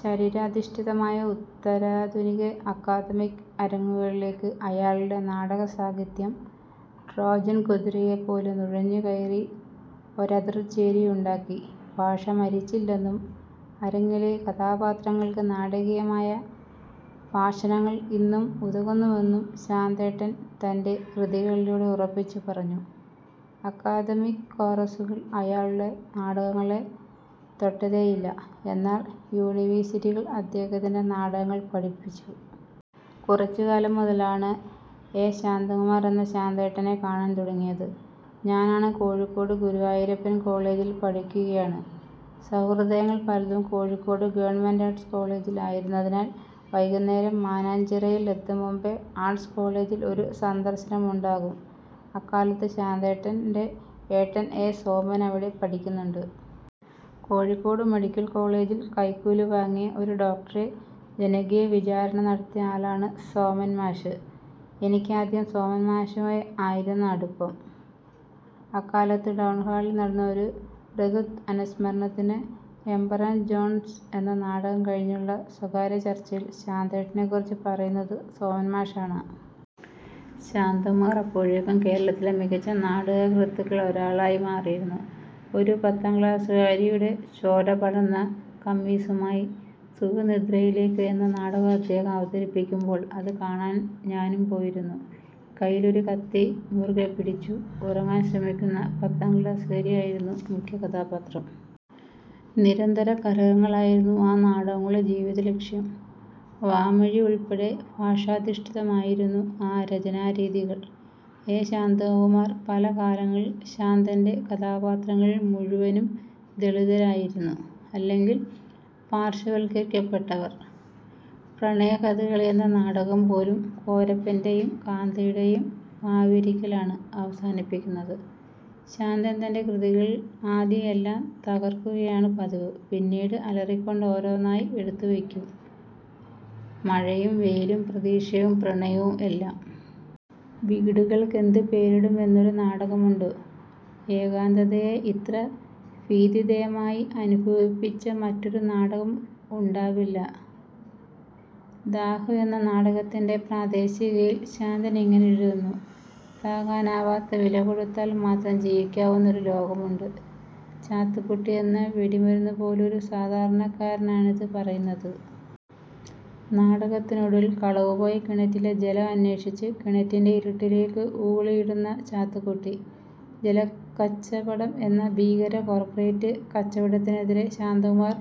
ശരീരാധിഷ്ഠിതമായ ഉത്തരാധുനിക -അക്കാദമിക് അരങ്ങുകളിലേക്ക് അയാളുടെ നാടകസാഹിത്യം ട്രോജൻ കുതിര പോലെ നുഴഞ്ഞുകയറി ഒരെതിർ ചേരിയുണ്ടാക്കി. ഭാഷ മരിച്ചില്ലെന്നും അരങ്ങിലെ കഥാപാത്രങ്ങൾക്ക് നാടകീയമായ ഭാഷണങ്ങൾ ഇന്നും ഉതകുമെന്നും ശാന്തേട്ടൻ തന്റെ കൃതികളിലൂടെ ഉറപ്പിച്ചു പറഞ്ഞു. അക്കാദമിക് കോറസുകൾ അയാളുടെ നാടകങ്ങളെ തൊട്ടതേയില്ല. എന്നാൽ യൂണിവേഴ്സിറ്റികൾ അദ്ദേഹത്തിന്റെ നാടകങ്ങൾ പഠിപ്പിച്ചു. കുറച്ചു കാലം മുതലാണ് എ ശാന്തകുമാർ എന്ന ശാന്തേട്ടനെ കാണാൻ തുടങ്ങിയത്. ഞാനന്ന് കോഴിക്കോട് ഗുരുവായൂരപ്പൻ കോളജിൽ പഠിക്കുകയാണ്. സൗഹൃദങ്ങൾ പലതും കോഴിക്കോട് ഗവ. ആർട്സ് കോളജിൽ ആയിരുന്നതിനാൽ വൈകുന്നേരം മാനാഞ്ചിറയിൽ എത്തും മുമ്പ് ആർട്സ് കോളജിൽ ഒരു സന്ദർശനമുണ്ടാകും. അക്കാലത്ത് ശാന്തേട്ടന്റെ ഏട്ടൻ എ സോമന് അവിടെ പഠിപ്പിക്കുന്നുണ്ട്. കോഴിക്കോട് മെഡിക്കൽ കോളജിൽ കൈക്കൂലി വാങ്ങിയ ഒരു ഡോക്ടറെ ജനകീയ വിചാരണ നടത്തിയ ആളാണ് സോമന് മാഷ്. എനിക്കാദ്യം സോമൻ മാഷുമായി ആയിരുന്നു അടുപ്പം. അക്കാലത്ത് ടൗണ്ഹാളിൽ നടന്ന ഒരു ബ്രഹ്ത് അനുസ്മരണത്തിന് ' എമ്പറർ ജോണ്സ് ' എന്ന നാടകം കഴിഞ്ഞുള്ള സ്വകാര്യ ചർച്ചയിൽ ശാന്തേട്ടനെ കുറിച്ച് പറയുന്നത് സോമൻ മാഷാണ്. ശാന്തകുമാർ അപ്പോഴേക്കും കേരളത്തിലെ മികച്ച നാടകകൃത്തുക്കളിൽ ഒരാളായി മാറിയിരുന്നു. ഒരു പത്താം ക്ലാസുകാരിയുടെ ചോര പടർന്ന കമ്മീസുമായി ' സുഖനിദ്രകളിലേക്ക് ' എന്ന നാടകം അദ്ദേഹം അവതരിപ്പിക്കുമ്പോൾ അത് കാണാൻ ഞാനും പോയിരുന്നു. കയ്യിൽ ഒരു കത്തി മുറുകെ പിടിച്ച് ഉറങ്ങാൻ ശ്രമിക്കുന്ന പത്താം ക്ലാസുകാരിയായിരുന്നു മുഖ്യ കഥാപാത്രം. നിരന്തര കലഹമായിരുന്നു ആ നാടകങ്ങളുടെ ജീവിത ലക്ഷ്യം. വാമൊഴിയുൾപ്പെടെ ഭാഷാധിഷ്ഠിതമായിരുന്നു ആ രചനാരീതികൾ. എ ശാന്തകുമാർ പല കാലങ്ങളിൽ ശാന്തന്റെ കഥാപാത്രങ്ങളിൽ മുഴുവനും ദളിതരായിരുന്നു. അല്ലെങ്കിൽ പാർശ്വവത്കരിക്കപ്പെട്ടവർ. ' പ്രണയ കഥകളി'യെന്ന നാടകം പോലും കോരപ്പന്റേയും കാന്തയുടേയും പാവിരിയിലാണ് അവസാനിക്കുന്നത്. ശാന്തൻ തന്റെ കൃതികളിൽ ആദ്യം എല്ലാം തകർക്കുകയാണ് പതിവ്, പിന്നീട് അലറിക്കൊണ്ട് ഓരോന്നായി എടുത്തു വയ്ക്കും, മഴയും വെയിലും പ്രതീക്ഷയും പ്രണയവും എല്ലാം. ' വീടുകൾക്ക് എന്ത് പേരിടും ' എന്നൊരു നാടകമുണ്ട് ഏകാന്തതയെ ഇത്ര ഭീതിദമായി അനുഭവിപ്പിച്ച മറ്റൊരു നാടകം ഉണ്ടാവില്ല. ' ദാഹം ' എന്ന നാടകത്തിന്റെ പ്രവേശികയിൽ ശാന്തൻ ഇങ്ങനെ എഴുതുന്നു, ' താങ്ങാനാകാത്ത വില കൊടുത്താൽ മാത്രം ജീവിക്കാവുന്ന ഒരു ലോകമുണ്ട്. ' ചാത്തുക്കുട്ടി എന്ന വെടിമരുന്നു പോലൊരു സാധാരണക്കാരനാണിത് പറയുന്നത്. നാടകത്തിനൊടുവിൽ കളവുപോയ കിണറ്റിലെ ജലം അന്വേഷിച്ച് കിണറ്റിന്റെ ഇരുട്ടിലേക്ക് ഊളിയിടുന്ന ചാത്തുക്കുട്ടി! ജലക്കച്ചവടം എന്ന ഭീകര കോർപ്പറേറ്റ് കച്ചവടത്തിനെതിരെ ശാന്തകുമാർ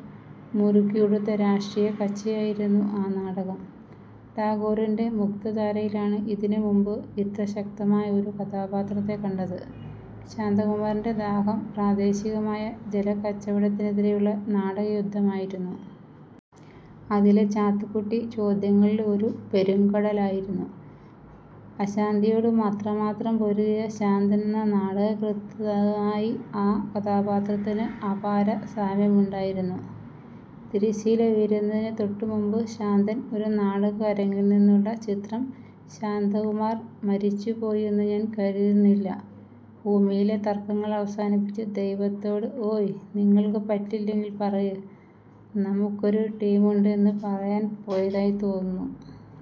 മുറുക്കിയുടുത്ത രാഷ്ട്രീയ കച്ചയായിരുന്നു ആ നാടകം. ടാഗോറിന്റെ മുക്തധാരയിലാണ് ഇതിനു മുമ്പ് ഇത്ര ശക്തമായ ഒരു കഥാപാത്രത്തെ കണ്ടത്. ശാന്തകുമാറിന്റെ ദാഹം പ്രാദേശികമായ ജലക്കച്ചവടത്തിനെതിരെയുള്ള നാടക യുദ്ധമായിരുന്നു. അതിലെ ചാത്തുക്കുട്ടി ചോദ്യങ്ങളുടെ ഒരു പെരുങ്കടലായിരുന്നു. അശാന്തിയോട് അത്രമാത്രം പൊരുതിയ ശാന്തനെന്ന നാടകകൃത്തുമായി ആ കഥാപാത്രത്തിന് അപാര സാമ്യമുമുണ്ടായിരുന്നു. തിരശ്ശീല ഉയരുന്നതിന് തൊട്ടുമുമ്പ്, ശാന്തൻ. ഒരു നാടക അരങ്ങിൽ നിന്നുള്ള ചിത്രം ശാന്തകുമാർ മരിച്ചു പോയി എന്ന് ഞാൻ കരുതുന്നില്ല, ഭൂമിയിലെ തർക്കങ്ങൾ അവസാനിപ്പിച്ച് ദൈവത്തോട്, ' ഓയ് നിങ്ങൾക്ക് പറ്റില്ലെങ്കിൽ പറയ്, നമ്മക്കൊര് ടീമുണ്ട് ' എന്ന് പറയാൻ പോയതായി തോന്നുന്നു.